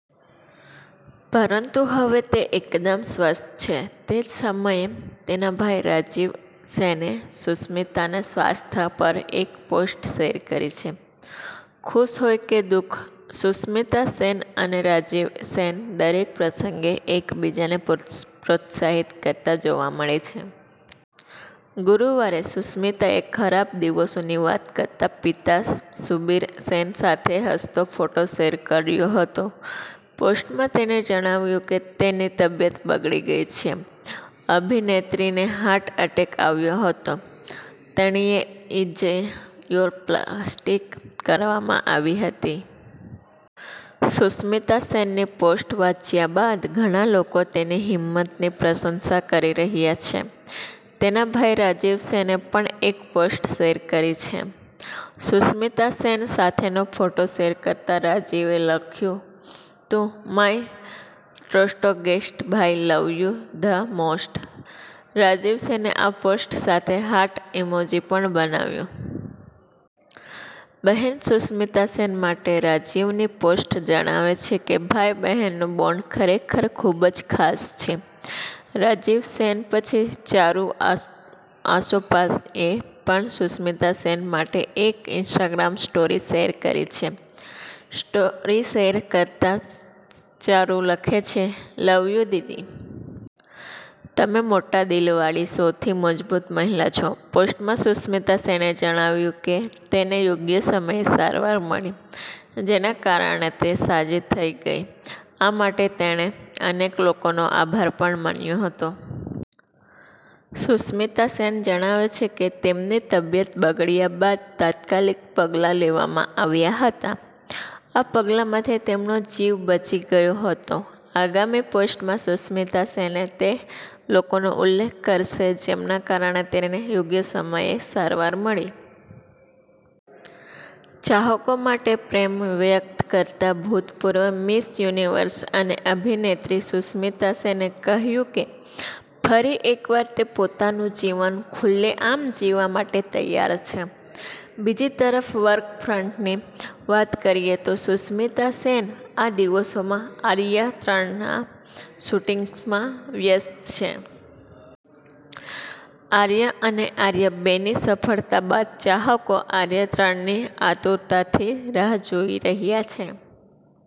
પરંતુ હવે તે એકદમ સ્વસ્થ છે. તે જ સમયે, તેના ભાઈ રાજીવ સેને સુષ્મિતાના સ્વાસ્થ્ય પર એક પોસ્ટ શેર કરી છે. સુખ હોય કે દુઃખ, સુષ્મિતા સેન અને રાજીવ સેન દરેક પ્રસંગે એકબીજાને પ્રોત્સાહિત કરતા જોવા મળે છે. ગુરુવારે સુષ્મિતાએ ખરાબ દિવસોની વાત કરતા પિતા સુબીર સેન સાથે હસતો ફોટો શેર કર્યો હતો. પોસ્ટમાં તેણે જણાવ્યું કે તેની તબિયત બગડી ગઈ છે. અભિનેત્રીને હાર્ટ એટેક આવ્યો હતો, તેણીની એન્જીયોપ્લાસ્ટી કરવામાં આવી હતી. સુષ્મિતા સેનની પોસ્ટ વાંચ્યા બાદ ઘણા લોકો તેની હિંમતની પ્રશંસા કરી રહ્યા છે. તેના ભાઈ રાજીવ સેને પણ એક પોસ્ટ શેર કરી છે. સુષ્મિતા સેન સાથેનો ફોટો શેર કરતા રાજીવે લખ્યું તું માય સ્ટ્રોંગેસ્ટ ભાઈ love you the most Rajiv સેને આ પોસ્ટ સાથે હાર્ટ ઇમોજી પણ બનાવ્યું છે. બહેન સુષ્મિતા સેન માટે રાજીવની પોસ્ટ જણાવે છે કે ભાઈ-બહેનનું બોન્ડ ખરેખર ખૂબ જ ખાસ છે. રાજીવ સેન પછી ચારુ આસોપાએ પણ સુષ્મિતા સેન માટે એક ઈન્સ્ટાગ્રામ સ્ટોરી શેર કરી છે. સ્ટોરી શેર કરતાં ચારુ લખે છે, 'લવ યુ દીદી. તમે મોટા દિલ વાળી સૌથી મજબૂત મહિલા છો. પોસ્ટમાં સુષ્મિતા સેને જણાવ્યું કે તેને યોગ્ય સમયે સારવાર મળી, જેના કારણે તે સાજી થઈ ગઈ. આ માટે તેણે અનેક લોકોનો આભાર પણ માન્યો હતો. સુષ્મિતા સેન જણાવે છે કે તેમની તબિયત બગડ્યા બાદ તાત્કાલિક પગલાં લેવામાં આવ્યા હતા, આ પગલાંથી તેમનો જીવ બચી ગયો હતો. આગામી પોસ્ટમાં, સુષ્મિતા સેન તે લોકોનો ઉલ્લેખ કરશે, જેમના કારણે તેને યોગ્ય સમયે સારવાર મળી. ચાહકો માટે પ્રેમ વ્યક્ત કરતા ભૂતપૂર્વ મિસ યુનિવર્સ અને અભિનેત્રી સુષ્મિતા સેને કહ્યું કે ફરી એકવાર તે પોતાનું જીવન ખુલ્લેઆમ જીવવા માટે તૈયાર છે. બીજી તરફ વર્ક ફ્રન્ટની વાત કરીએ તો સુષ્મિતા સેન આ દિવસોમાં આર્ય ત્રણના શૂટિંગમાં વ્યસ્ત છે. આર્ય અને આર્ય બે ની સફળતા બાદ ચાહકો આર્ય ત્રણ ની આતુરતાથી રાહ જોઈ રહ્યા છે.